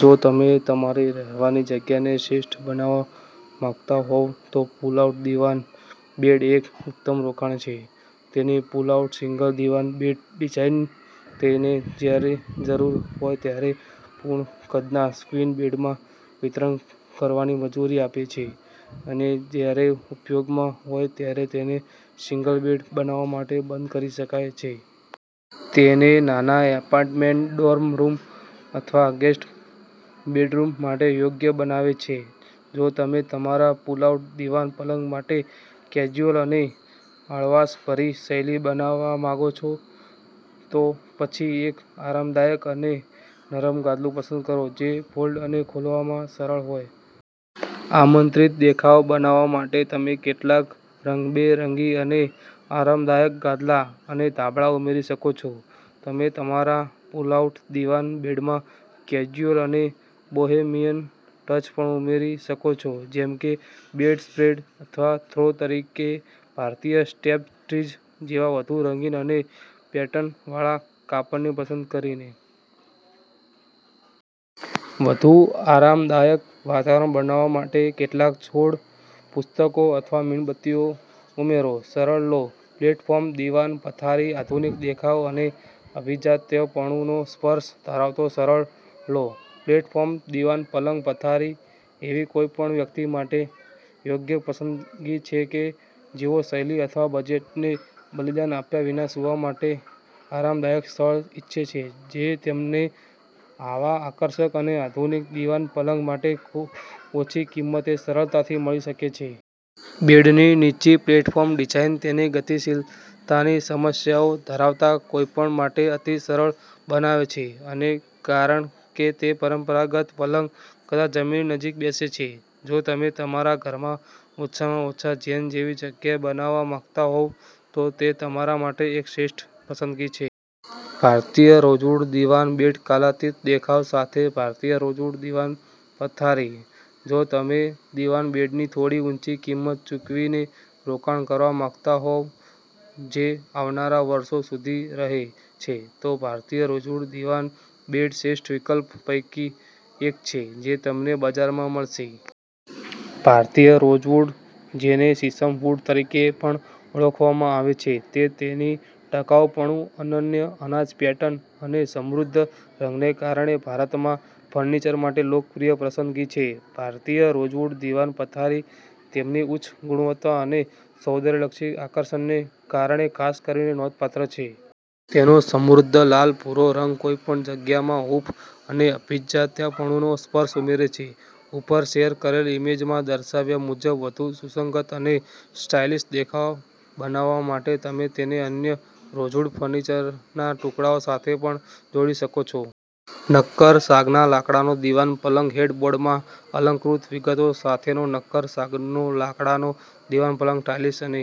જો તમે તમારી રહેવાની જગ્યાને શ્રેષ્ઠ બનાવવા માંગતા હોવ તો પુલ-આઉટ દીવાન બેડ એક ઉત્તમ રોકાણ છે. તેની પુલ-આઉટ સિંગલ દીવાન બેડ ડિઝાઇન તેને જ્યારે જરૂરી હોય ત્યારે પૂર્ણ કદના ક્વીન બેડમાં વિસ્તરણ કરવાની મંજૂરી આપે છે અને જ્યારે ઉપયોગમાંહોય ત્યારે તેને સિંગલ બેડ બનાવવા માટે બંધ કરી શકાય છે. તેને નાના એપાર્ટમેન્ટ, ડોર્મ રૂમ અથવા ગેસ્ટ બેડરૂમ માટે યોગ્ય બનાવે છે. જો તમે તમારા પુલ-આઉટ દીવાન પલંગ માટે કેઝ્યુઅલ અને હળવાશભરી શૈલી બનાવવા માંગો છોતો પછી એક આરામદાયક અને નરમ ગાદલું પસંદ કરો જે ફોલ્ડ અને ખોલવામાં સરળ હોય. આમંત્રિત દેખાવ બનાવવા માટે તમે કેટલાક રંગબેરંગી અને આરામદાયક ગાદલા અને ધાબળા ઉમેરી શકો છો. તમે તમારા પુલ-આઉટ દીવાન બેડમાં કેઝ્યુઅલ અને બોહેમિયન ટચ પણ ઉમેરી શકો છો, જેમ કે બેડસ્પ્રેડ અથવા થ્રો તરીકે ભારતીય ટેપેસ્ટ્રીઝ જેવા વધુ રંગીન અને પેટર્નવાળા કાપડને પસંદ કરીને. વધુ આરામદાયક વાતાવરણ બનાવવા માટે કેટલાક છોડ, પુસ્તકો અથવા મીણબત્તીઓ ઉમેરો! સરળ લો-પ્લેટફોર્મ દીવાન પથારી આધુનિક દેખાવ અને અભિજાત્યપણુનો સ્પર્શ ધરાવતો સરળ લો-પ્લેટફોર્મ દીવાન પલંગ. પથારી એવી કોઈપણ વ્યક્તિ માટે યોગ્ય પસંદગી છે કે જેઓ શૈલી અથવા બજેટને બલિદાન આપ્યા વિના સૂવા માટે આરામદાયક સ્થળ ઇચ્છે છે જે તમને આવા આકર્ષક અને આધુનિક દીવાન પલંગ માટે ખૂબઓછી કિંમતે સરળતાથી મળી શકે છે. બેડની નીચી પ્લેટફોર્મ ડિઝાઇન તેને ગતિશીલતાની સમસ્યાઓ ધરાવતા કોઈપણ માટે અતિ સરળ બનાવે છે. અને કારણ કે તે પરંપરાગત પલંગ કરતાં જમીનની નજીક બેસે છે, જો તમે તમારા ઘરમાં ઓછામાં ઓછા, ઝેન જેવી જગ્યા બનાવવા માંગતા હોવ તો તે તમારા માટે એક શ્રેષ્ઠ પસંદગી છે. ભારતીય રોઝવુડ દીવાન બેડ કાલાતીત દેખાવ સાથે ભારતીય રોઝવૂડ દીવાન પથારી. જો તમે દિવાન બેડની થોડી ઊંચી કિંમત ચૂકવીને રોકાણ કરવા માંગતા હોવ જે આવનારા વર્ષો સુધી રહે છે, તો ભારતીય રોઝવૂડ દીવાન બેડશ્રેષ્ઠ વિકલ્પો પૈકી એક છે જે તમને બજારમાં મળશે. ભારતીય રોઝવૂડ, જેને શીશમ વુડ તરીકે પણ ઓળખવામાં આવે છે, તે તેની ટકાઉપણું, અનન્ય અનાજ પેટર્ન અને સમૃદ્ધ રંગને કારણે ભારતમાં ફર્નિચર માટે લોકપ્રિય પસંદગી છે. ભારતીય રોઝવુડ દીવાન પથારી તેમની ઉચ્ચ ગુણવત્તા અને સૌંદર્યલક્ષી આકર્ષણને કારણે ખાસ કરીને નોંધપાત્ર છે. તેનો સમૃદ્ધ, લાલ-ભૂરો રંગ કોઈપણ જગ્યામાં હૂંફ અને અભિજાત્યપણુનો સ્પર્શ ઉમેરે છે. ઉપર શેર કરેલ ઈમેજમાં દર્શાવ્યા મુજબ વધુ સુસંગત અને સ્ટાઇલિશ દેખાવ બનાવવા માટે તમે તેને અન્ય રોઝવૂડ ફર્નિચરના ટુકડાઓ સાથે પણ જોડી શકો છો. નક્કર સાગના લાકડાનો દીવાન પલંગહેડબોર્ડમાં અલંકૃત વિગતો સાથેનો નક્કર સાગનો લાકડાનો દીવાન પલંગ. સ્ટાઇલિશ અને